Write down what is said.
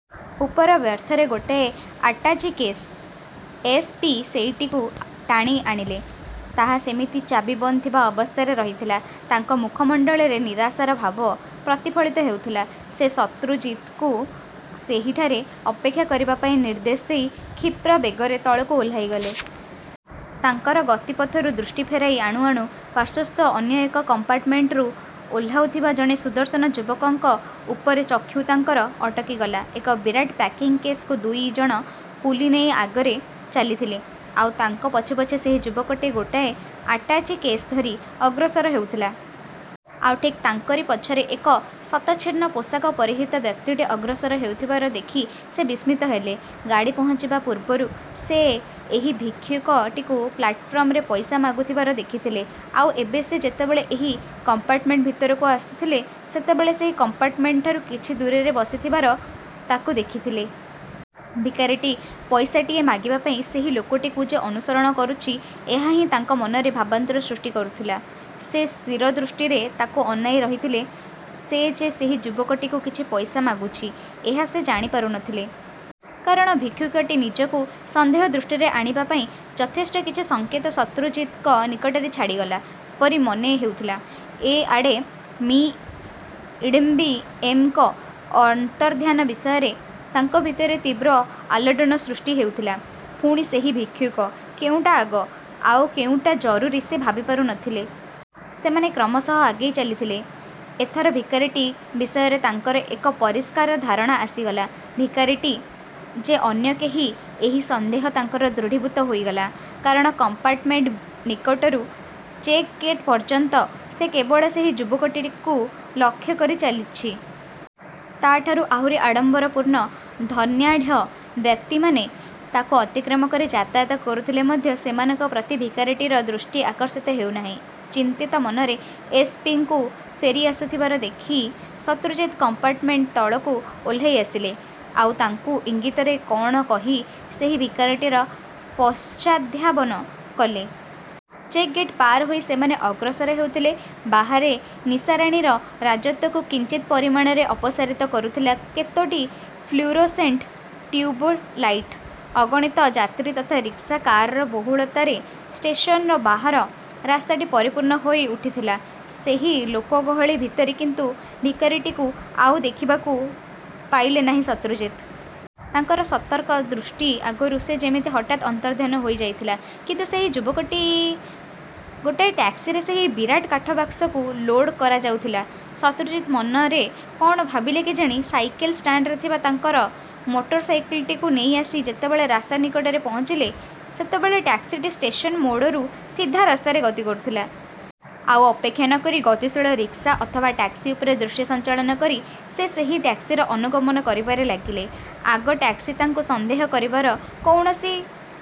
ଉପର ବର୍ଥରେ ଗୋଟାଏ ଆଟାଚି କେସ୍। ଏସ୍. ପି. ସେଇଟିକୁ ଟାଣି ଆଣିଲେ। ତାହା ସେମିତି ଚାବି ବନ୍ଦ ଥିବା ଅବସ୍ଥାରେ ରହିଥିଲା। ତାଙ୍କ ମୁଖମଣ୍ଡଳରେ ନିରାଶାର ଭାବ ପ୍ରତିଫଳିତ ହେଉଥିଲା। ସେ ଶତ୍ରୁଜିତଙ୍କୁ ସେହିଠାରେ ଅପେକ୍ଷା କରିବା ପାଇଁ ନିର୍ଦ୍ଦେଶ ଦେଇ କ୍ଷୀପ୍ର ବେଗରେ ତଳକୁ ଓହ୍ଲାଇଗଲେ। ତାଙ୍କର ଗତିପଥରୁ ଦୃଷ୍ଟି ଫେରାଇ ଆଣୁ ଆଣୁ ପାର୍ଶ୍ୱସ୍ଥ ଅନ୍ୟ ଏକ କମ୍ପାର୍ଟମେଣ୍ଟରୁ ଓହ୍ଲାଉଥିବା ଜଣେ ସୁଦର୍ଶନ ଯୁବକଙ୍କ ଉପରେ ଚକ୍ଷୁ ତାଙ୍କର ଅଟକିଗଲା। ଏକ ବିରାଟ ପ୍ୟାକିଂ କେସକୁ ଦୁଇ ଜଣ କୁଲି ନେଇ ଆଗରେ ଚାଲିଥିଲେ। ଆଉ ତାଙ୍କ ପଛେ ପଛେ ସେହି ଯୁବକଟି ଗୋଟାଏ ଆଟାଚି କେସ୍ ଧରି ଅଗ୍ରସର ହେଉଥିଲା। ଆଉ ଠିକ୍ ତାଙ୍କରି ପଛରେ ଏକ ଶତଛିନ୍ନ ପୋଷାକ ପରିହିତ ବ୍ୟକ୍ତିଟି ଅଗ୍ରସର ହେଉଥିବାର ଦେଖି ସେ ବିସ୍ମିତ ହେଲେ। ଗାଡ଼ି ପହଞ୍ଚିବା ପୂର୍ବରୁ ସେ ଏହି ଭିକ୍ଷୁକଟିକୁ ପ୍ଲାଟଫର୍ମରେ ପଇସା ମାଗୁଥିବାର ଦେଖିଥିଲେ। ଆଉ ଏବେ ସେ ଯେତେବେଳେ ଏହି କମ୍ପାର୍ଟମେଣ୍ଟ ଭିତରକୁ ଆସୁଥିଲେ, ସେତେବେଳେ ସେହି କମ୍ପାର୍ଟମେଣ୍ଟଠାରୁ କିଛି ଦୂରରେ ବସିଥିବାର ତାକୁ ଦେଖିଥିଲେ। ଭିକାରୀଟି ପଇସାଟିଏ ମାଗିବା ପାଇଁ ସେହି ଲୋକଟିକୁ ଯେ ଅନୁସରଣ କରୁଛି, ଏହା ହିଁ ତାଙ୍କ ମନରେ ଭାବାନ୍ତର ସୃଷ୍ଟି କରୁଥିଲା। ସେ ସ୍ଥିରଦୃଷ୍ଟିରେ ତାକୁ ଅନାଇ ରହିଥିଲେ। ସେ ଯେ ସେହି ଯୁବକଟିକୁ କିଛି ପଇସା ମାଗୁଛି, ଏହା ସେ ଜାଣିପାରୁ ନ ଥିଲେ। କାରଣ, ଭିକ୍ଷୁକଟି ନିଜକୁ ସନ୍ଦେହ ଦୃଷ୍ଟିରେ ଆଣିବା ପାଇଁ ଯଥେଷ୍ଟ କିଛି ସଂକେତ ଶତ୍ରୁଜିତଙ୍କ ନିକଟରେ ଛାଡ଼ିଗଲା ପରି ମନେ ହେଉଥିଲା। ଏ ଆଡ଼େ ମି. ଇଡମ୍ବିଏମଙ୍କ ଅନ୍ତର୍ଦ୍ଧାନ ବିଷୟରେ ତାଙ୍କ ଭିତରେ ତୀବ୍ର ଆଲୋଡ଼ନ ସୃଷ୍ଟି ହେଉଥିଲା। ପୁଣି ସେହି ଭିକ୍ଷୁକ। କେଉଁଟା ଆଗ, ଆଉ କେଉଁଟା ଜରୁରୀ ସେ ଭାବିପାରୁ ନ ଥିଲେ। ସେମାନେ କ୍ରମଶଃ ଆଗେଇ ଚାଲିଥିଲେ। ଏଥର ଭିକାରୀଟି ବିଷୟରେ ତାଙ୍କର ଏକ ପରିଷ୍କାର ଧାରଣା ଆସିଗଲା। ଭିକାରୀଟି ଯେ ଅନ୍ୟ କେହି, ଏହି ସନ୍ଦେହ ତାଙ୍କର ଦୃଢ଼ୀଭୂତ ହୋଇଗଲା। କାରଣ କମ୍ପାର୍ଟମେଣ୍ଟ ନିକଟରୁ ଚେକ୍ ଗେଟ୍ ପର୍ଯ୍ୟନ୍ତ ସେ କେବଳ ସେହି ଯୁବକଟିକୁ ଲକ୍ଷ୍ୟ କରି ଚାଲିଛି। ତା'ଠାରୁ ଆହୁରି ଆଡ଼ମ୍ବରପୂର୍ଣ୍ଣ, ଧନାଢ଼୍ୟ ବ୍ୟକ୍ତିମାନେ ତାକୁ ଅତିକ୍ରମ କରି ଯାତାୟାତ କରୁଥିଲେ ମଧ୍ୟ ସେମାନଙ୍କ ପ୍ରତି ଭିକାରୀଟିର ଦୃଷ୍ଟି ଆକର୍ଷିତ ହେଉ ନାହିଁ। ଚିନ୍ତିତ ମନରେ ଏସ୍. ପି. ଙ୍କୁ ଫେରି ଆସୁଥିବାର ଦେଖି, ଶତ୍ରୁଜିତ କମ୍ପାର୍ଟମେଣ୍ଟ ତଳକୁ ଓହ୍ଲାଇ ଆସିଲେ। ଆଉ ତାଙ୍କୁ ଇଙ୍ଗିତରେ କ'ଣ କହି ସେହି ଭିକାରୀଟିର ପଶ୍ଚାଦ୍ଧାବନ କଲେ। ଚେକ୍ ଗେଟ୍ ପାର ହୋଇ ସେମାନେ ଅଗ୍ରସର ହେଉଥିଲେ। ବାହାରେ ନିଶାରାଣୀର ରାଜତ୍ୱକୁ କିଞ୍ଚିତ୍ ପରିମାଣରେ ଅପସାରିତ କରୁଥିଲା କେତୋଟି ଫ୍ଲୁରୋସେଣ୍ଟ ଟିଉବଲାଇଟ। ଅଗଣିତ ଯାତ୍ରୀ ତଥା ରିକ୍ସା, କାରର ବହୁଳତାରେ ଷ୍ଟେସନର ବାହାର ରାସ୍ତାଟି ପରିପୂର୍ଣ୍ଣ ହୋଇ ଉଠିଥିଲା। ସେହି ଲୋକଗହଳି ଭିତରେ କିନ୍ତୁ ଭିକାରୀଟିକୁ ଆଉ ଦେଖିବାକୁ ପାଇଲେ ନାହିଁ ଶତ୍ରୁଜିତ। ତାଙ୍କର ସତର୍କ ଦୃଷ୍ଟି ଆଗରୁ ସେ ଯେମିତି ହଠାତ୍ ଅନ୍ତର୍ଦ୍ଧାନ ହୋଇ ଯାଇଥିଲା, କିନ୍ତୁ ସେହି ଯୁବକଟି... ଗୋଟାଏ ଟ୍ୟାକ୍ସିରେ ସେହି ବିରାଟ କାଠ ବାକସକୁ ଲୋଡ୍ କରାଯାଉଥିଲା। ଶତ୍ରୁଜିତ ମନରେ କ'ଣ ଭାବିଲେ କେଜାଣି, ସାଇକେଲ ଷ୍ଟାଣ୍ଡରେ ଥିବା ତାଙ୍କର ମୋଟରସାଇକେଲଟିକୁ ନେଇ ଆସି ଯେତେବେଳେ ରାସ୍ତା ନିକଟରେ ପହଞ୍ଚିଲେ, ସେତେବେଳେ ଟ୍ୟାକ୍ସିଟି ଷ୍ଟେସନ ମୋଡ଼ରୁ ସିଧା ରାସ୍ତାରେ ଗତି କରୁଥିଲା। ଆଉ ଅପେକ୍ଷା ନ କରି ଗତିଶୀଳ ରିକ୍ସା ଅଥବା ଟ୍ୟାକ୍ସି ଉପରେ ଦୃଷ୍ଟି ସଞ୍ଚାଳନ କରି ସେ ସେହି ଟ୍ୟାକ୍ସିର ଅନୁଗମନ କରିବାରେ ଲାଗିଲେ। ଆଗ ଟ୍ୟାକ୍ସି ତାଙ୍କୁ ସନ୍ଦେହ କରିବାର କୌଣସି...